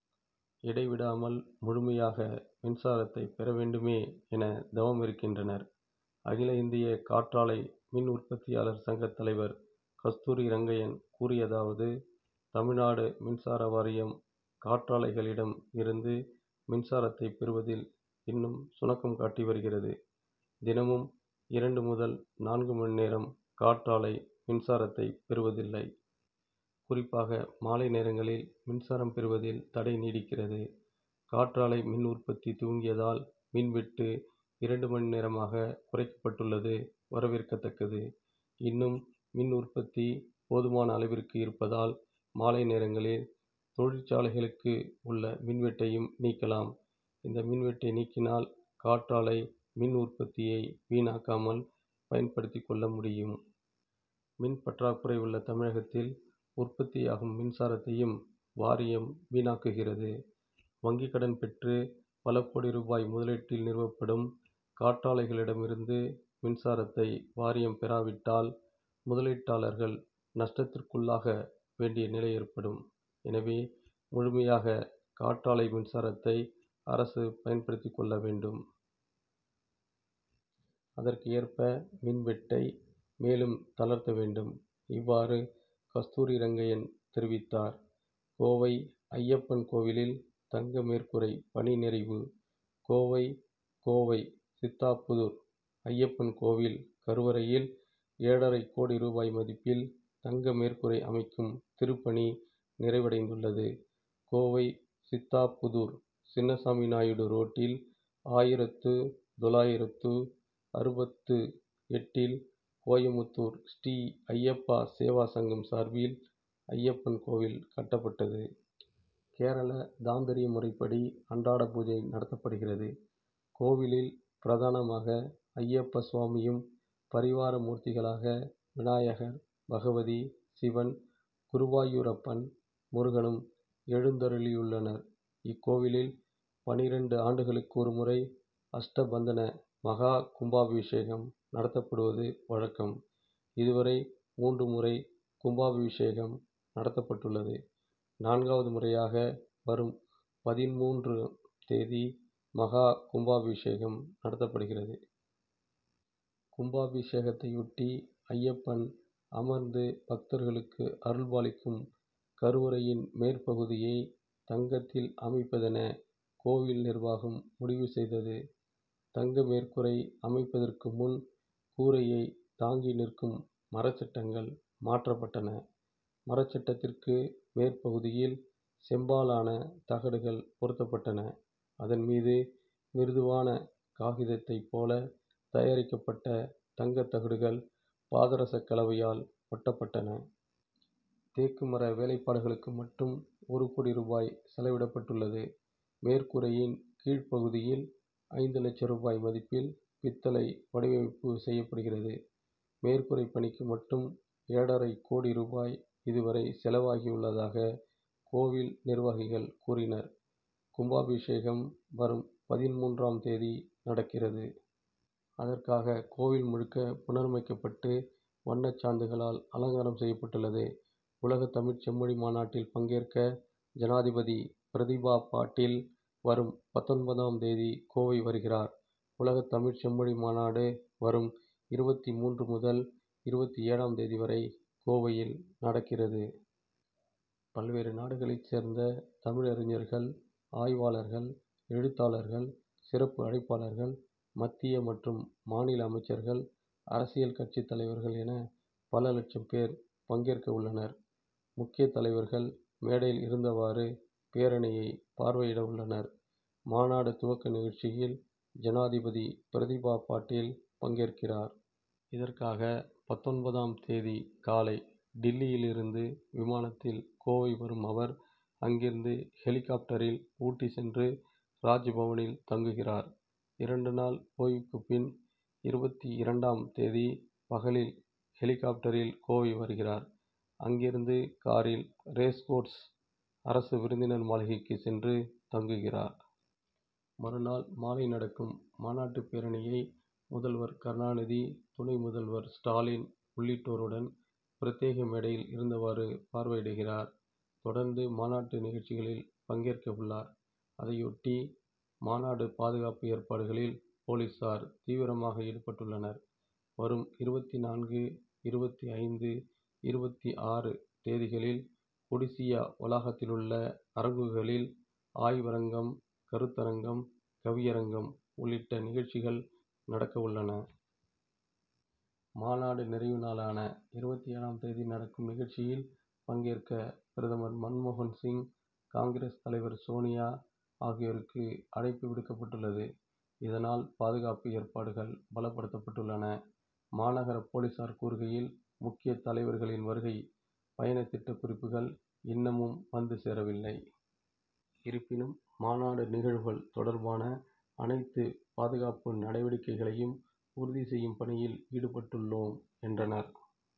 இடை விடாமல் முழுமையாக மின்சாரத்தை பெற வேண்டுமே என தவமிருக்கின்றனர். அகில இந்திய காற்றாலை மின் உற்பத்தியாளர் சங்கத் தலைவர் கஸ்தூரி ரங்கையன் கூறியதாவது தமிழ்நாடு மின்சாரவாரியம், காற்றாலைகளிடம் இருந்து மின்சாரத்தை பெறுவதில் இன்னும் சுணக்கம் காட்டி வருகிறது. தினமும் இரண்டு முதல் நான்கு மணி நேரம் காற்றாலை மின்சாரத்தை பெறுவதில்லை. குறிப்பாக மாலை நேரங்களில் மின்சாரம் பெறுவதில் தடை நீடிக்கிறது. காற்றாலை மின் உற்பத்தி துவங்கியதால், மின் வெட்டு இரண்டு மணி நேரமாக குறைக்கப்பட்டுள்ளது; வரவேற்கத்தக்ககது. இன்னும் மின் உற்பத்தி போதுமான அளவிற்கு இருப்பதால், மாலை நேரங்களில் தொழிற்சாலைகளுக்கு உள்ள மின்வெட்டையும் நீக்கலாம். இந்த மின்வெட்டை நீக்கினால், காற்றாலை மின் உற்பத்தியை வீணாக்காமல் பயன்படுத்திக்கொள்ள முடியும். மின் பற்றாக்குறை உள்ள தமிழகத்தில், உற்பத்தியாகும் மின்சாரத்தையும் வாரியம் வீணாக்குகிறது. வங்கிக் கடன்பெற்று, பல கோடி ரூபாய் முதலீட்டில் நிறுவப்படும் காற்றாலைகளிடம் இருந்து மின்சாரத்தை வாரியம் பெறாவிட்டால், முதலீட்டாளர்கள் நஷ்டத்திற்குள்ளாக வேண்டிய நிலை ஏற்படும். எனவே, முழுமையாக காற்றாலை மின்சாரத்தை அரசு பயன்படுத்திக் கொள்ள வேண்டும். அதற்கு ஏற்ப மின்வெட்டை மேலும் தளர்த்த வேண்டும். இவ்வாறு கஸ்தூரி ரங்கையன் தெரிவித்தார். கோவை அய்யப்பன் கோவிலில் தங்க மேற்கூரை பணி நிறைவு கோவை கோவை சித்தாபுதூர் அய்யப்பன் கோவில் கருவறையில், ஏழரை கோடி ரூபாய் மதிப்பில் தங்க மேற்கூரை அமைக்கும் திருப்பணி நிறைவடைந்துள்ளது. கோவை சித்தாபுதூர் சின்னசாமிநாயுடு ரோட்டில், ஆயிரத்து தொள்ளாயிரத்து அறுபத்து எட்டில் கோயமுத்தூர் ஸ்ரீ ஐயப்ப சேவா சங்கம் சார்பில், அய்யப்பன் கோவில் கட்டப்பட்டது. கேரள தாந்திரிய முறைப்படி அன்றாட பூஜை நடத்தப்படுகிறது. கோவிலில் பிரதானமாக அய்யப்ப சுவாமியும், பரிவார மூர்த்திகளாக விநாயகர், பகவதி, சிவன், குருவாயூரப்பன், முருகனும் எழுந்தருளியுள்ளனர். இக்கோவிலில், பன்னிரண்டு ஆண்டுகளுக்கொருமுறை அஷ்டபந்தன மகா கும்பாபிஷேகம் நடத்தப்படுவது வழக்கம். இதுவரை மூன்று முறை கும்பாபிஷேகம் நடத்தப்பட்டுள்ளது. நான்காவது முறையாக வரும் பதின்மூன்று ம் தேதி மகா கும்பாபிஷேகம் நடத்தப்படுகிறது. கும்பாபிஷேகத்தையொட்டி, அய்யப்பன் அமர்ந்து பக்தர்களுக்கு அருள்பாலிக்கும் கருவறையின் மேற்பகுதியை தங்கத்தில் அமைப்பதென கோவில் நிர்வாகம் முடிவு செய்தது. தங்க மேற்கூரை அமைப்பதற்கு முன், கூரையை தாங்கி நிற்கும் மரச்சட்டங்கள் மாற்றப்பட்டன. மரச்சட்டத்திற்கு மேற்பகுதியில் செம்பாலான தகடுகள் பொருத்தப்பட்டன. அதன் மீது, மிருதுவான காகிதத்தை போல தயாரிக்கப்பட்ட தங்கத்தகடுகள், பாதரசக்கலவையால் ஒட்டப்பட்டன. தேக்கு மர வேலைப்பாடுகளுக்கு மட்டும் ஒரு கோடி ரூபாய் செலவிடப்பட்டுள்ளது. மேற்கூரையின் கீழ் பகுதியில் ஐந்து லட்ச ரூபாய் மதிப்பில் பித்தளை வடிவமைப்பு செய்யப்படுகிறது. மேற்கூரைப்பணிக்கு மட்டும் ஏழரை கோடி ரூபாய் இது வரை செலவாகியுள்ளதாக கோவில் நிர்வாகிகள் கூறினர். கும்பாபிஷேகம் வரும் பதின்மூன்றாம் தேதி நடக்கிறது. அதற்காக கோவில் முழுக்க புனரமைக்கப்பட்டு, வண்ணச்சாந்துகளால் அலங்காரம் செய்யப்பட்டுள்ளது. உலகத் தமிழ்ச் செம்மொழி மாநாட்டில் பங்கேற்க, ஜனாதிபதி பிரதிபா பாட்டீல், வரும் பத்தொன்பதாம் தேதி கோவை வருகிறார். உலகத் தமிழ்ச் செம்மொழி மாநாடு, வரும் இருபத்து மூன்று முதல் இருபத்து ஏழு ம் தேதி வரை கோவையில் நடக்கிறது. பல்வேறு நாடுகளைச் சேர்ந்த தமிழறிஞர்கள், ஆய்வாளர்கள், எழுத்தாளர்கள், சிறப்பு அழைப்பாளர்கள், மத்திய மற்றும் மாநில அமைச்சர்கள், அரசியல் கட்சித் தலைவர்கள் என, பல லட்சம் பேர் பங்கேற்கவுள்ளனர். உ. முக்கிய தலைவர்கள் மேடையில் இருந்தவாறு, பேரணியை பார்வையிடவுள்ளனர். மாநாடு துவக்க நிகழ்ச்சியில், ஜனாதிபதி பிரதிபா பாட்டீல் பங்கேற்கிறார். இதற்காக, பத்தொன்பதாம் தேதி காலை டில்லியில் இருந்து விமானத்தில் கோவை வரும் அவர், அங்கிருந்து ஹெலிகாப்டரில் ஊட்டி சென்று, ராஜ்பவனில் தங்குகிறார். இரண்டு நாள் ஓய்வுக்கு பின், இருபத்து இரண்டாம் தேதி பகலில் ஹெலிகாப்டரில் கோவை வருகிறார். அங்கிருந்து காரில் ரேஸ்கோர்ஸ் அரசு விருந்தினர் மாளிகைக்கு சென்று தங்குகிறார். மறுநாள் மாலை நடக்கும் மாநாட்டுப்பேரணியை, முதல்வர் கருணாநிதி, துணை முதல்வர் ஸ்டாலின் உள்ளிட்டோருடன் பிரத்யேக மேடையில் இருந்தவாறு பார்வையிடுகிறார். தொடர்ந்து, மாநாட்டு நிகழ்ச்சிகளில் பங்கேற்கவுள்ளார். அதையொட்டி, மாநாடு பாதுகாப்பு ஏற்பாடுகளில் போலீசார் தீவிரமாக ஈடுபட்டுள்ளனர். வரும் இருபத்து நான்கு, இருபத்து ஐந்து, இருபத்து ஆறாம் தேதிகளில் கொடிசியா வளாகத்திலுள்ள அரங்குகளில் ஆய்வரங்கம், கருத்தரங்கம், கவியரங்கம் உள்ளிட்ட நிகழ்ச்சிகள் நடக்கவுள்ளன. மாநாடு நிறைவு நாளான இருபத்து ஏழாம் தேதி நடக்கும் நிகழ்ச்சியில் பங்கேற்க பிரதமர் மன்மோகன் சிங், காங்., தலைவர் சோனியா ஆகியோருக்கு அழைப்பு விடுக்கப்பட்டுள்ளது. இதனால், பாதுகாப்பு ஏற்பாடுகள் பலப்படுத்தப்பட்டுள்ளன. மாநகர போலீசார் கூறுகையில், முக்கிய தலைவர்களின் வருகை பயண திட்டக் குறிப்புகள் இன்னமும் வந்து சேரவில்லை. இருப்பினும், மாநாடு நிகழ்வுகள் தொடர்பான அனைத்து பாதுகாப்பு நடவடிக்கைகளையும் உறுதி செய்யும் பணியில் ஈடுபட்டுள்ளோம், என்றனர்.